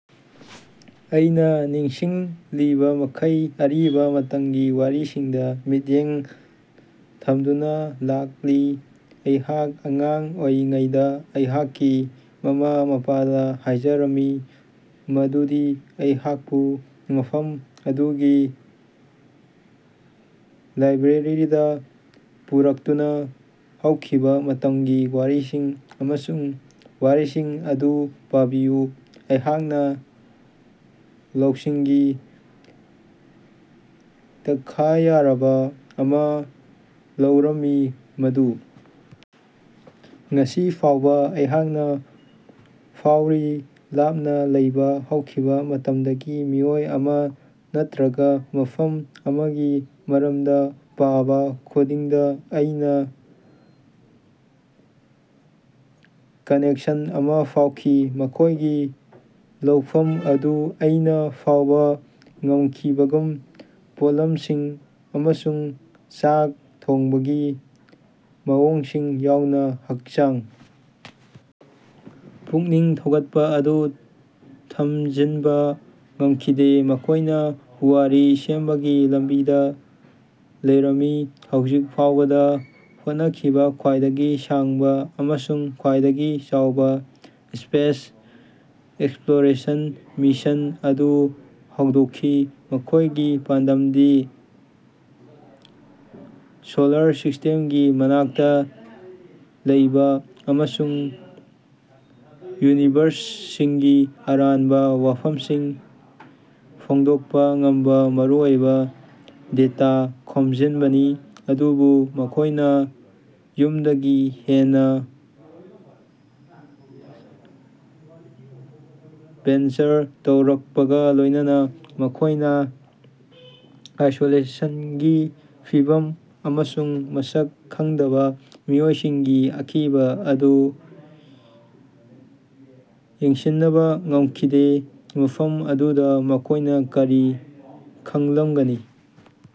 ꯑꯩꯅꯥ ꯅꯤꯡꯁꯤꯡꯂꯤꯕꯃꯈꯩ ꯑꯔꯤꯕꯥ ꯃꯇꯝꯒꯤ ꯋꯥꯔꯤꯁꯤꯡꯗ ꯃꯤꯠꯌꯦꯡ ꯊꯝꯗꯨꯅ ꯂꯥꯛꯂꯤ꯫ ꯑꯩꯍꯥꯛ ꯑꯉꯥꯡ ꯑꯣꯏꯔꯤꯉꯩꯗ ꯑꯩꯍꯥꯛꯀꯤ ꯃꯃꯥ-ꯃꯄꯥꯗ ꯍꯥꯏꯖꯔꯝꯃꯤ ꯃꯗꯨꯗꯤ ꯑꯩꯍꯥꯛꯄꯨ ꯃꯐꯝ ꯑꯗꯨꯒꯤ ꯂꯥꯏꯕ꯭ꯔꯦꯔꯤꯗ ꯄꯨꯔꯛꯇꯨꯅ ꯍꯧꯈꯤꯕ ꯃꯇꯝꯒꯤ ꯋꯥꯔꯤꯁꯤꯡ ꯑꯃꯁꯨꯡ ꯋꯥꯔꯤꯁꯤꯡ ꯑꯗꯨ ꯄꯥꯕꯤꯌꯨ꯫ ꯑꯩꯍꯥꯛꯅꯥ ꯂꯧꯁꯤꯡꯒꯤ ꯇꯛꯈꯥꯌꯔꯕ ꯑꯃ ꯂꯧꯔꯝꯃꯤ ꯃꯗꯨ ꯉꯁꯤ ꯐꯥꯎꯕ ꯑꯩꯍꯥꯛꯅ ꯐꯥꯎꯔꯤ꯫ ꯂꯥꯞꯅ ꯂꯩꯕ ꯍꯧꯈꯤꯕ ꯃꯇꯝꯗꯒꯤ ꯃꯤꯑꯣꯏ ꯑꯃ ꯅꯠꯇꯔ꯭ꯒ ꯃꯐꯝ ꯑꯃꯒꯤ ꯃꯔꯝꯗ ꯄꯥꯕ ꯈꯨꯗꯤꯡꯗ ꯑꯩꯅ ꯀꯅꯦꯛꯁꯟ ꯑꯃ ꯐꯥꯎꯈꯤ, ꯃꯈꯣꯏꯒꯤ ꯂꯧꯐꯝ ꯑꯗꯨ ꯑꯩꯅ ꯐꯥꯎꯕ ꯉꯝꯈꯤꯕꯒꯨꯝ꯫ ꯄꯣꯠꯂꯝꯁꯤꯡ ꯑꯃꯁꯨꯡ ꯆꯥꯛ ꯊꯣꯡꯕꯒꯤ ꯃꯑꯣꯡꯁꯤꯡ ꯌꯥꯎꯅ ꯍꯛꯆꯥꯡ ꯄꯨꯛꯅꯤꯡ ꯊꯧꯒꯠꯄ ꯑꯗꯨ ꯊꯝꯖꯤꯟꯕ ꯉꯝꯈꯤꯗꯦ꯫ ꯃꯈꯣꯏꯅ ꯄꯨꯋꯥꯔꯤ ꯁꯦꯝꯕꯒꯤ ꯂꯝꯕꯤꯗ ꯂꯩꯔꯝꯃꯤ, ꯍꯧꯖꯤꯛ ꯐꯥꯎꯕꯗ ꯍꯣꯠꯅꯈꯤꯕ ꯈ꯭ꯋꯥꯏꯗꯒꯤ ꯁꯥꯡꯕ ꯑꯃꯁꯨꯡ ꯈ꯭ꯋꯥꯏꯗꯒꯤ ꯆꯥꯎꯕ ꯁ꯭ꯄꯦꯁ ꯑꯦꯛꯁꯞꯂꯣꯔꯦꯁꯟ ꯃꯤꯁꯟ ꯑꯗꯨ ꯍꯧꯗꯣꯛꯈꯤ꯫ ꯃꯈꯣꯏꯒꯤ ꯄꯥꯟꯗꯝꯗꯤ ꯁꯣꯂꯥꯔ ꯁꯤꯁ꯭ꯇꯦꯝꯒꯤ ꯃꯅꯥꯛꯇ ꯂꯩꯕ ꯑꯃꯁꯨꯡ ꯌꯨꯅꯤꯚꯔꯁ ꯑꯁꯤꯒꯤ ꯑꯔꯥꯟꯕ ꯋꯥꯐꯝꯁꯤꯡ ꯐꯣꯡꯗꯣꯛꯄ ꯉꯝꯕ ꯃꯔꯨꯑꯣꯏꯕ ꯗꯦꯇꯥ ꯈꯣꯝꯖꯤꯟꯕꯅꯤ꯫ ꯑꯗꯨꯕꯨ ꯃꯈꯣꯏꯅ ꯌꯨꯝꯗꯒꯤ ꯍꯦꯟꯅ ꯚꯦꯟꯆꯔ ꯇꯧꯔꯛꯄꯒ ꯂꯣꯏꯅꯅ ꯃꯈꯣꯏꯅ ꯑꯥꯏꯁꯣꯂꯦꯁꯟꯒꯤ ꯐꯤꯚꯝ ꯑꯃꯁꯨꯡ ꯃꯁꯛ ꯈꯪꯗꯕ ꯃꯤꯑꯣꯏꯁꯤꯡꯒꯤ ꯑꯀꯤꯕꯥ ꯑꯗꯨ ꯌꯦꯡꯁꯤꯟꯅꯕꯥ ꯉꯝꯈꯤꯗꯦ꯫ ꯃꯐꯝ ꯑꯗꯨꯗ ꯃꯈꯣꯏꯅꯥ ꯀꯔꯤ ꯈꯪꯂꯝꯒꯅꯤ?